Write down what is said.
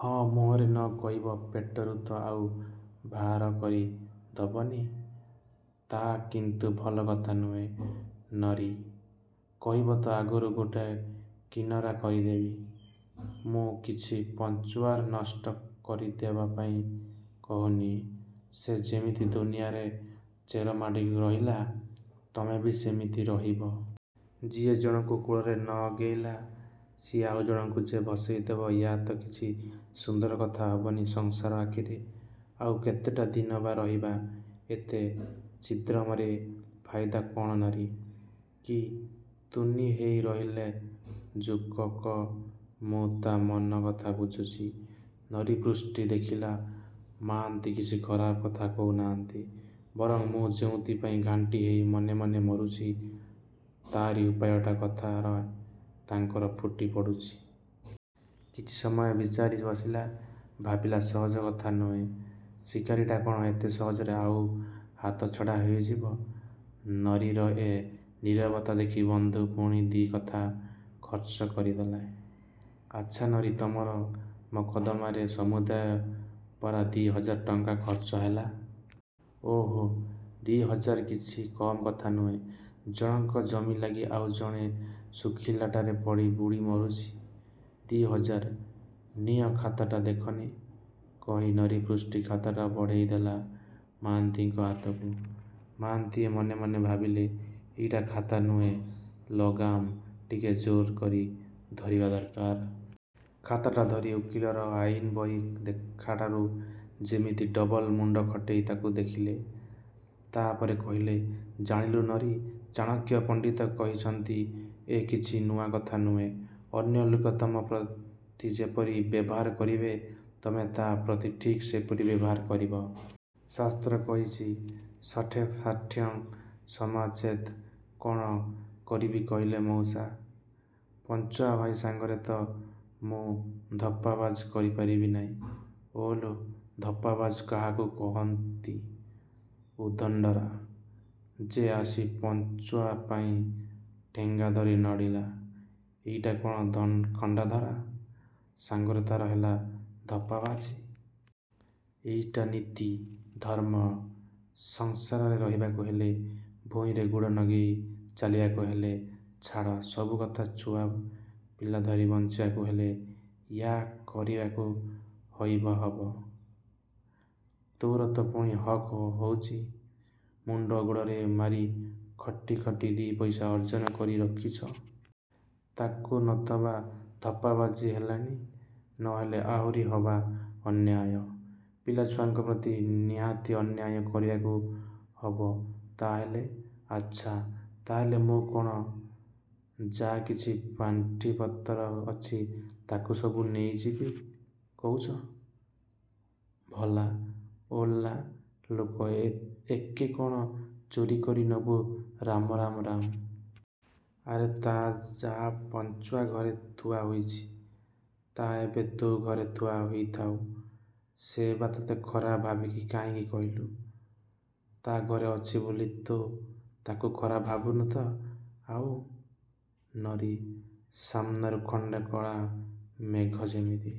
ହଁ, ମୁହଁରେ ନ କହିବ ପେଟରୁତ ଆଉ ଭା'ର କରି ଦବନି-। ତା' କିନ୍ତୁ ଭଲକଥା ନୁହେଁ ନରୀ, କହିବତ ଆଗରୁ ଗୋଟା କିନରା କରିଦେବି। ମୁଁ କିଛି ପଞ୍ଚୁଆର ନଷ୍ଟ କରିଦବାପାଇଁ କହୁନି। ସେ ଯେମିତି ଦୁନିଆରେ ଚେରମାଡ଼ି ରହିଲା–ତମେ ବି ସେମିତି ରହିବ-। ଯିଏ ଜଣକୁ କୂଳରେ ନଗେଇଲା, ସିଏ ଆଉଜଣକୁ ଯେ ଭସେଇ ଦବ, ୟା ତ କିଛି ସୁନ୍ଦର କଥା ହବନି ସଂସାର ଆଖିରେ। ଆଉ କେତୁଟା ଦିନ ବା ରହିବା, ଏତେ ଛିଦ୍ରମରେ, ଫାଇଦା କଣ ନରି-। କି, ତୁନି ହେଇ ରହିଲ ଯେ। କ–କ–ମୁଁ ତୋ ମନ କଥା ବୁଝୁଚି– ନରୀପୃଷ୍ଟି ଦେଖିଲା ମାହାନ୍ତି କିଛି ଖରାପ କଥା କହୁନା'ନ୍ତି ବରଂ ମୁଁ ଯେଉଁଥିପାଇଁ ଘାଣ୍ଟି ହେଇ ମନେ ମନେ ମରୁଚି ତାରି ଉପାୟଟା କଥାରେ ତାଙ୍କର ଫୁଟି ପଡ଼ୁଚି। କିଛି ସମୟ ବିଚାରି ବସିଲା... ଭାବିଲା ସହଜ କଥା ନୁହେଁ– ଶୀକାରଟା କଣ ଏତେ ସହଜରେ ଆଉ ହାତଛଡ଼ା ହୋଇଯିବ! ନରୀର ଏ ନୀରବତା ଦେଖି ବନ୍ଧୁ ପୁଣି ଦି କଥା ଖର୍ଚ୍ଚ କରିଦେଲେ। –ଆଚ୍ଛା ନରୀ ତମର ମକଦ୍ଦମାରେ ସମୁଦାୟ ପରା ଦି'ହଜାର ଟଙ୍କା ଖର୍ଚ୍ଚ ହେଲା! ଓହୋ, ଦି' ହଜାର କିଛି କମ୍ କଥା ନୁହେଁ। ଜଣକ ଜମିଲାଗି ଆଉ ଜଣେ ଶୁଖିଲାଟାରେ ପଡ଼ି ବୁଡ଼ି ମରୁଚି– ଦି' ହଜାର–ନିଅ ଖାତାଟା ଦେଖନି, କହି ନରୀପୁଷ୍ଟି ଖାତାଟା ବଢ଼େଇ ଦେଲା ମାହାନ୍ତିଙ୍କ ହାତକୁ। ମାହାନ୍ତିଏ ମନେ ମନେ ଭାବିଲେ, ଏଇଟା ଖାତା ନୁହେଁ ଲଗାମ୍, ଟିକେ ଜୋର୍ କରି ଧରିବା ଦରକାର। ଖାତାଟା ଧରି ଓକିଲର ଆଇନ ବହି ଦେଖାଠାରୁ ଯେମିତି ଡବଲ ମୁଣ୍ଡ ଖଟେଇ ତାକୁ ଦେଖିଲେ। ତା' ପରେ କହିଲେ– ଜାଣିଲୁ ନରୀ, ଚାଣକ୍ୟ ପଣ୍ଡିତ କହିଚନ୍ତି, ଏ କିଛି ନୂଆ କଥା ନୁହେଁ। ଅନ୍ୟ ଲୋକ ତମ ପ୍ରତି ଯେପରି ବ୍ୟବହାର କରିବ, ତମେ ତା' ପ୍ରତି ଠିକ୍ ସେହିପରି ବ୍ୟବହାର କରିବ। ଶାସ୍ତ୍ର କହିଚି– ଶଠେ ଶାଠ୍ୟଂ ସମାଚରେତ୍। –କଣ କରିବି କହିଲ ମଉସା, ପଞ୍ଚୁଆ ଭାଇ ସାଙ୍ଗରେ ତ ମୁଁ ଧପ୍ପାବାଜି କରିପାରିବି ନାଇଁ– ଓଲୁ, ଧପ୍ପାବାଜି କାହାକୁ କହନ୍ତି, ଉଦଣ୍ଡରା' ଯେ ଆସି ପଞ୍ଚୁଆ ପାଇଁ ଠେଙ୍ଗା ଧରି ନଢ଼ିଲା, ଏଇଟା କଣ ଦଖଣ୍ଡରା' ସାଙ୍ଗରେ ତା'ର ହେଲା ଧପ୍ପାବାଜି। ଏଇଟା ନୀତି। ଧର୍ମ୍ମ। ସଂସାରରେ ରହିବାକୁ ହେଲେ, ଭୂଇଁରେ ଗୋଡ଼ ନଗେଇ ଚାଲିବାକୁ ହେଲେ, ଛାଡ଼ ସବୁକଥା, ଛୁଆ ପିଲା ଧରି ବଞ୍ଚିବାକୁ ହେଲେ, ୟା' କରିବାକୁ ହବଇ ହବ। ତୋର ତ ପୁଣି ହକ୍ ହଉଚି। ମୁଣ୍ଡ ଝାଳ ଗୋଡ଼ରେ ମାରି ଖଟି ଖଟି ଦି'ପଇସା ଅର୍ଜନ କରି ରଖିଚ। ତାକୁ ନବାତ ଧପ୍ପାବାଜି ହେଲାନି, ନ ନେଲେ ଆଉରି ହବ–ଅନ୍ୟାୟ। ପିଲାଛୁଆଙ୍କ ପ୍ରତି ନିହାତି ଅନ୍ୟାୟ କରିବାକୁ ହବ ତା ହେଲେ-। ଆଛା, ତାହେଲେ ମୁଁ କଣ, ଯା' କିଛି ପାଣ୍ଠିପତର ଅଛି ତାକୁ ସବୁ ନେଇଯିବି କଉଚ। ଭଲା ଓଲା ଲୋକ ଏକେ, କଣ–ଚୋରି କରି ନବୁ ରାମ ରାମ–ରାମ। ଆରେ ତା' ଯା' ପଞ୍ଚୁଆ ଘରେ ଥୁଆ ହେଇଚି, ତା ଏବେ ତୋ ଘରେ ଥୁଆ ହେଇଥାଉ। ସେ ବା ତତେ ଖରାପ ଭାବିବ କାହିଁକି କହିଲୁ। ତା' ଘରେ ଅଛି ବୋଲି ତୁ ତାକୁ ଖରାପ ଭାବୁନୁ ତ ଆଉ– ନରୀ ସାମନାରୁ ଖଣ୍ଡେ କଳା ମେଘ ଯେମିତି